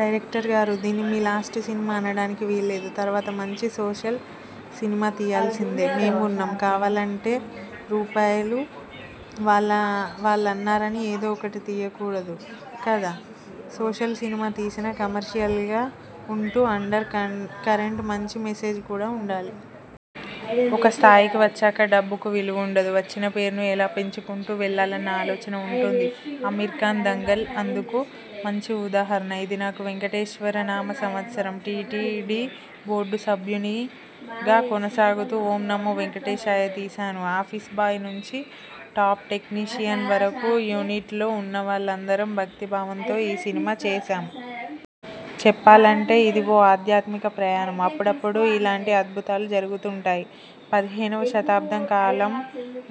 Director గారు. దీన్ని మీ లాస్ట్ సినిమా అనడానికి వీల్లేదు. తర్వాత మంచి సోషల్ సినిమా తియ్యాల్సిందే. మేం ఉన్నాం. కావాలంటే రూవాయలు వాళ్ళ. వాళ్లన్నారని ఏదో ఒకటి తియ్యకూడదు కదా. సోషల్ సినిమా తీసినా, కమర్షియల్గా ఉంటూ అండర్ కా కరెంట్ మంచి మెసేజ్ కూడా ఉండాలి. ఒక స్థాయికి వచ్చాక డబ్బుకు విలువుండదు. వచ్చిన పేరును ఎలా పెంచుకుంటూ వెళ్లాలన్న ఆలోచనే ఉంటుంది. అమీర్ఖాన 'దంగల్' అందుకు మంచి ఉదాహరణ ఇది నాకు వేంకటేశ్వరనామ సంవత్సరం. టీటీడీ బోర్డు సభ్యునిగా కొనసాగుతూ, 'ఓం నమో వేంకటేశాయ' తీశాను. ఆఫీస్ బాయ్ నుంచి టాప్ టెక్నీషియన్ వరకూ యూనిట్లో ఉన్నవాళ్లందరం భక్తిభావంతో ఈ సినిమా చేశాం. చెప్పాలంటే ఇది ఓ ఆధ్యాత్మిక ప్రయాణం. అప్పుడప్పుడూ ఇలాంటి అద్భుతాలు జరుగుతుంటాయి. పదిహేనువ శతాబ్దం కాలం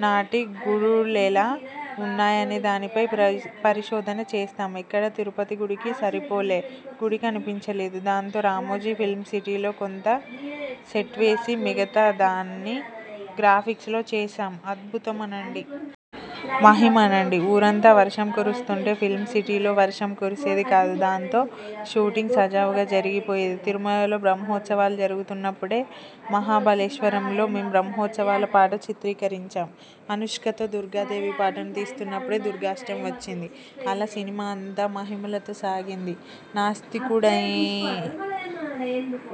నాటి గుడులెలా ఉన్నాయనేదానిపై పరి పరిశోధన చేశాం ఎక్కడా తిరుపతి గుడికి సరిపోలే గుడి కనిపించలేదు. దాంతో రామోజీ ఫిల్మ్సిటీలో కొంత సెట్వేసి, మిగతా దాన్ని గ్రాఫిక్స్లో చేశాం. అధ్బుతమనండి.. మహిమనండి.. ఊరంతా వర్షం కురుస్తుంటే ఫిల్మ్సిటీలో వర్షం కురిసేది కాదు. దాంతో షూటింగ్ సజావుగా జరిగిపోయేది. తిరుమలలో బ్రహ్మోత్సవాలు జరుగుతున్నప్పుడే మహాబలేశ్వరంలో మేం బ్రహ్మోత్సవాల పాట చిత్రీకరించాం. అనుష్కతో దుర్గాదేవి పాటను తీస్తున్నప్పుడే దుర్గాష్టమి వచ్చింది. అలా సినిమా అంతా మహిమలతో సాగింది. నాస్తికుడె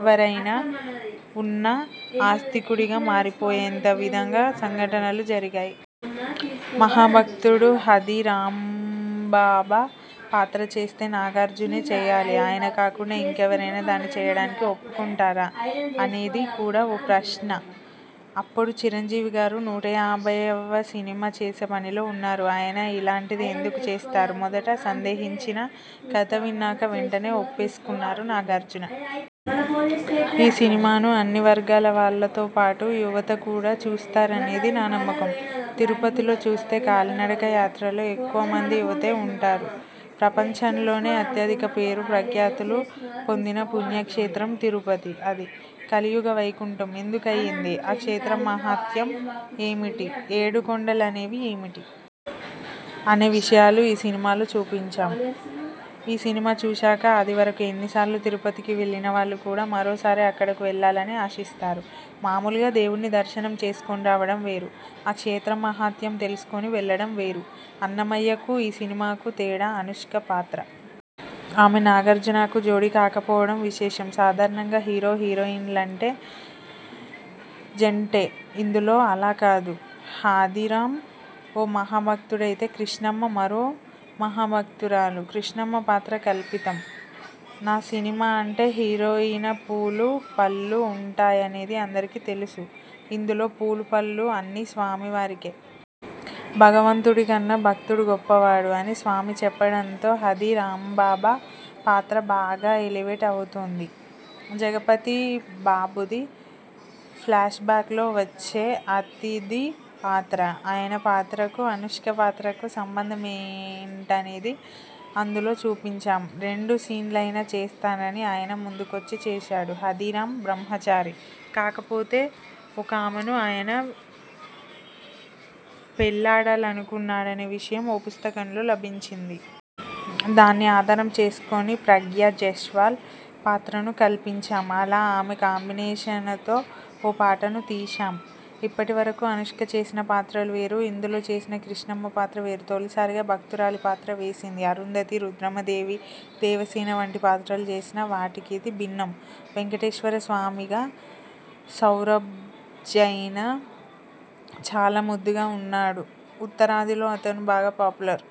వరైనా ఉన్నా ఆస్తికుడిగా మారిపోయేంత విధంగా సంఘటనలు జరిగాయి. మహాభక్తుడు హాథీరామ్బాబా పాత్ర చేస్తే నాగార్జునే చెయ్యాలి. ఆయన కాకుండా ఇంకెవరైనా దాన్ని చెయ్యడానికి ఒప్పుకుంటారా? అనేది కూడా ఓ ప్రశ్న. అప్పుడు చిరంజీవిగారు నూట యాభైవ సినిమా చేసే పనిలో ఉన్నారు ఆయన ఇలాంటిది ఎందుకు చేస్తారు? మొదట సందేహించినా కథ విన్నాక వెంటనే ఒప్పేసుకున్నారు నాగార్జున. ఈ సినిమాను అన్ని వర్గాలవాళ్లతో పాటు యువత కూడా చూస్తారనేది నా నమ్మకం. తిరుపతిలో చూస్తే కాలినడక యాత్రలో ఎక్కువమంది యువతే ఉంటారు. ప్రపంచంలోనే అత్యధిక పేరు ప్రఖ్యాతులు పొందిన పుణ్యక్షేత్రం తిరుపతి. అది 'కలియుగ వైకుంఠం' ఎందుకయ్యింది? ఆ క్షేత్ర మహాత్యం ఏమిటి? ఏడు కొండలనేవి ఏమిటి? అనే విషయాలు ఈ సినిమాలో చూపించాం. ఈ సినిమా చూశాక అదివరకు ఎన్నిసార్లు తిరుపతికి వెళ్లినవాళ్లు కూడా మరోసారి అక్కడకు వెళ్లాలని ఆశిస్తారు. మామూలుగా దేవుడ్ని దర్శనం చేసుకుని రావడం వేరు, ఆ క్షేత్ర మహాత్యం తెలుసుకొని వెళ్లడం వేరు. 'అన్నమయ్య'కూ, ఈ సినిమాకూ తేడా అనుష్క పాత్ర. ఆమె నాగార్జునకు జోడీ కాకపోవడం విశేషం. సాధారణంగా హీరో హీరోయిన్లంటే జంటే. ఇందులో అలా కాదు. హాథీరాం ఓ మహాభక్తుడైతే, కృష్ణమ్మ మరో మహాభక్తురాలు. కృష్ణమ్మ పాత్ర కల్పితం. నా సినిమా అంటే హీరోయిన, పూలు, పళ్లు ఉంటాయనేది అందరికీ తెలుసు. ఇందులో పూలు, పళ్లు అన్నీ స్వామివారికే. భగవంతుడికన్నా భక్తుడు గొప్పవాడు అని స్వామి చెప్పడంతో హాథీరామ్బాబా పాత్ర బాగా ఎలివేట్ అవుతుంది. జగపతిబాబుది ఫ్లాష్బ్యాక్లో వచ్చే అతిథి పాత్ర. ఆయన పాత్రకూ, అనుష్క పాత్రకూ సంబంధమేంటనేది అందులో చూపించాం. రెండు సీన్లయినా చేస్తానని ఆయన ముందుకొచ్చి చేశాడు. హాథీరామ్ బ్రహ్మచారి. కాకపోతే ఒకామెను ఆయన పెళ్లాడాలనుకున్నాడనే విషయం ఓ పుస్తకంలో లభించింది. దాన్ని ఆధారం చేసుకొని ప్రగ్యా జైస్వాల్ పాత్రను కల్పించాం. అలా ఆమె కాంబినేషనతో ఓ పాటను తీశాం. ఇప్పటివరకూ అనుష్క చేసిన పాత్రలు వేరు, ఇందులో చేసిన కృష్ణమ్మ పాత్ర వేరు. తొలిసారిగా భక్తురాలి పాత్ర వేసింది. అరుంధతి, రుద్రమదేవి, దేవసేన వంటి పాత్రలు చేసినా, వాటికిది భిన్నం. వేంకటేశ్వరస్వామిగా సౌరభ్జైన చాలా ముద్దుగా ఉన్నాడు. ఉత్తరాదిలో అతను బాగా పాపులర్.